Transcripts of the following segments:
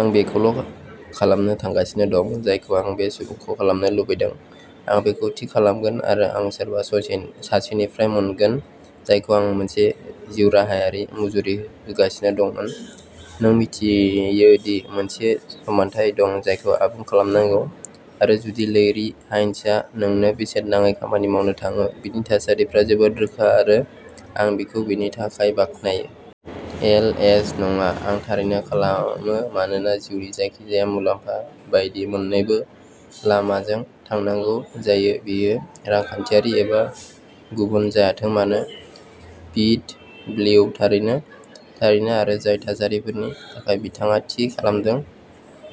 आं बेखौल'खालामनो थांगासिनो दं, जायखौ आं बे सुबुंखौ खालामनो लुबैदों। 'आं बेखौ थि खालामगोन आरो आं सोरबा सासेनिफ्राय मोनगोन जायखौ आं मोनसे जिउराहायारि मुजुरि होगासिनो दंमोन। "नों मिन्थियो दि मोनसे समानथाय दं जायखौ आबुं खालामनांगौ आरो जुदि लैरी हाइन्सआ नोंनो बेसेन नाङै खामानि मावनो थाङो, बिनि थासारिफोरा जोबोद रोखा आरो आं बिखौ बेनि थाखाय बाख्नायो। एलएचः नङा, आं थारैनो खालामो मानोना जिउनि जायखिजाया मुलाम्फा बायदि मोन्नैबो लामाजों थांनांगौ जायो, बेयो रांखान्थियारि एबा गुबुन जायाथों मानो। पिडब्लिउः थारैनो, थारैनो आरो जाय थासारिफोरनि थाखाय बिथाङा थि खालामदों,"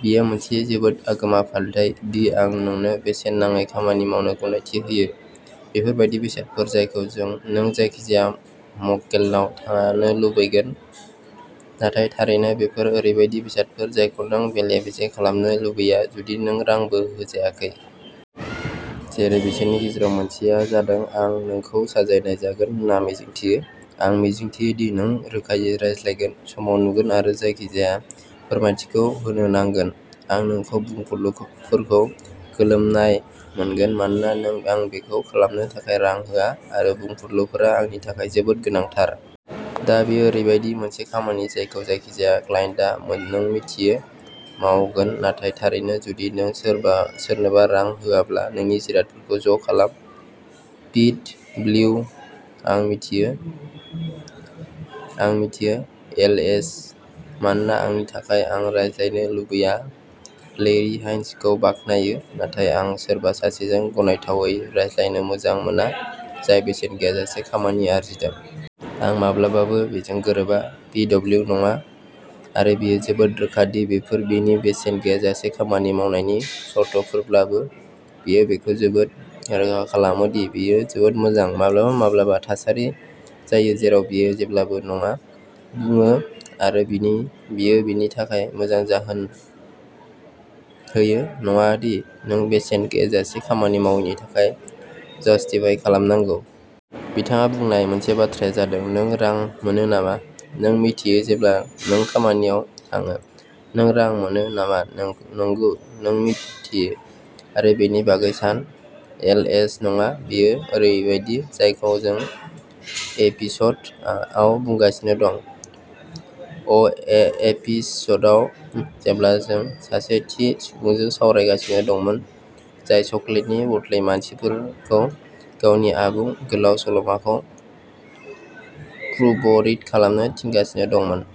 बेयो मोनसे जोबोद आगोमा फालिथाय दि आं नोंनो बेसेन नाङै खामानि मावनो गनायथि होयो "बेफोर बायदि बेसादफोर जायखौ नों जायखिजाया मक्केलनाव थानो लुबैगोन नाथाय थारैनो बेफोर ओरैबायदि बेसादफोर जायखौ नों बेले-बेजे खालामनो लुबैया जुदि नों रांबो होजायाखै। जेरै बिसोरनि गेजेराव मोनसेआ जादों, "आं नोंखौ साजायनाय जागोन होनना मिजिंथियो। आं मिजिंथियो दि नों रोखायै रायज्लायगोन, समाव नुगोन आरो जायखिजाया फोरमायथिखौ होनो नांगोन। आं नोंखौ बुंफुरलुफोरखौ गोलोमनाय मोनगोन मानोना नों आंनो बेखौ खालामनो थाखाय रां होआ आरो बुंफुरलुफोरा आंनि थाखाय जोबोद गोनांथार। " दा बेयो ओरैबायदि मोनसे खामानि, जायखौ जायखिजाया क्लाइन्टआ, नों मिथियो, मावगोन नाथाय थारैनो जुदि नों सोरनोबा रां होआब्ला नोंनि जिरादफोरखौ ज'खालाम। पिडब्लिउः आं मिथियो, आं मिथियो। एलएचः मानोना आंनि थाखाय आं रायज्लायनो लुबैयाआं लैरी हाइन्स खौ बाख्नायो, नाथाय आं सोरबा सासेजों गनायथावै रायज्लायनो मोजां मोना जाय बेसेन गैयाजासे खामानि आरजिदों। आं माब्लाबाबो बेजों गोरोबा। पिडब्लिउः नङा आरो बियो जोबोद रोखा दि बेफोर बिनि बेसेन गैयाजासे खामानि मावनायनि सर्तफोरब्लाबो बियो बेखौ जोबोद रोखा खालामो दि बेयो जोबोद मोजां। माब्लाबा-माब्लाबा थासारि जायो जेराव बियो जेब्लाबो नङा बुङो आरो बियो बेनि थाखाय मोजां जाहोन होयो, नङा दि नों बेसेन गैयाजासे खामानि मावैनि थाखाय जस्टिफाइ खालामनांगौ। बिथाङा बुंनाय मोनसे बाथ्राया जादों, "नों रां मोनो नामा? नों मिन्थियो जेब्ला नों खामानियाव थाङो नों रां मोनो नामा? " नंगौ, नों मिन्थियो, आरो बेनि बागै सान। एलएचः नङा, बेयो ओरैबायदि जायखौ जों एपिस'ड आव बुंगासिनो दं, अ'एपिस'ड आव, जेब्ला जों सासे थि सुबुंजों सावरायगासिनो दंमोन जाय चकलेटनि बदलै मानसिफोरखौ गावनि आबुं गोलाव सल'माखौ प्रुफरिड खालामनो थिनगासिनो दंमोन।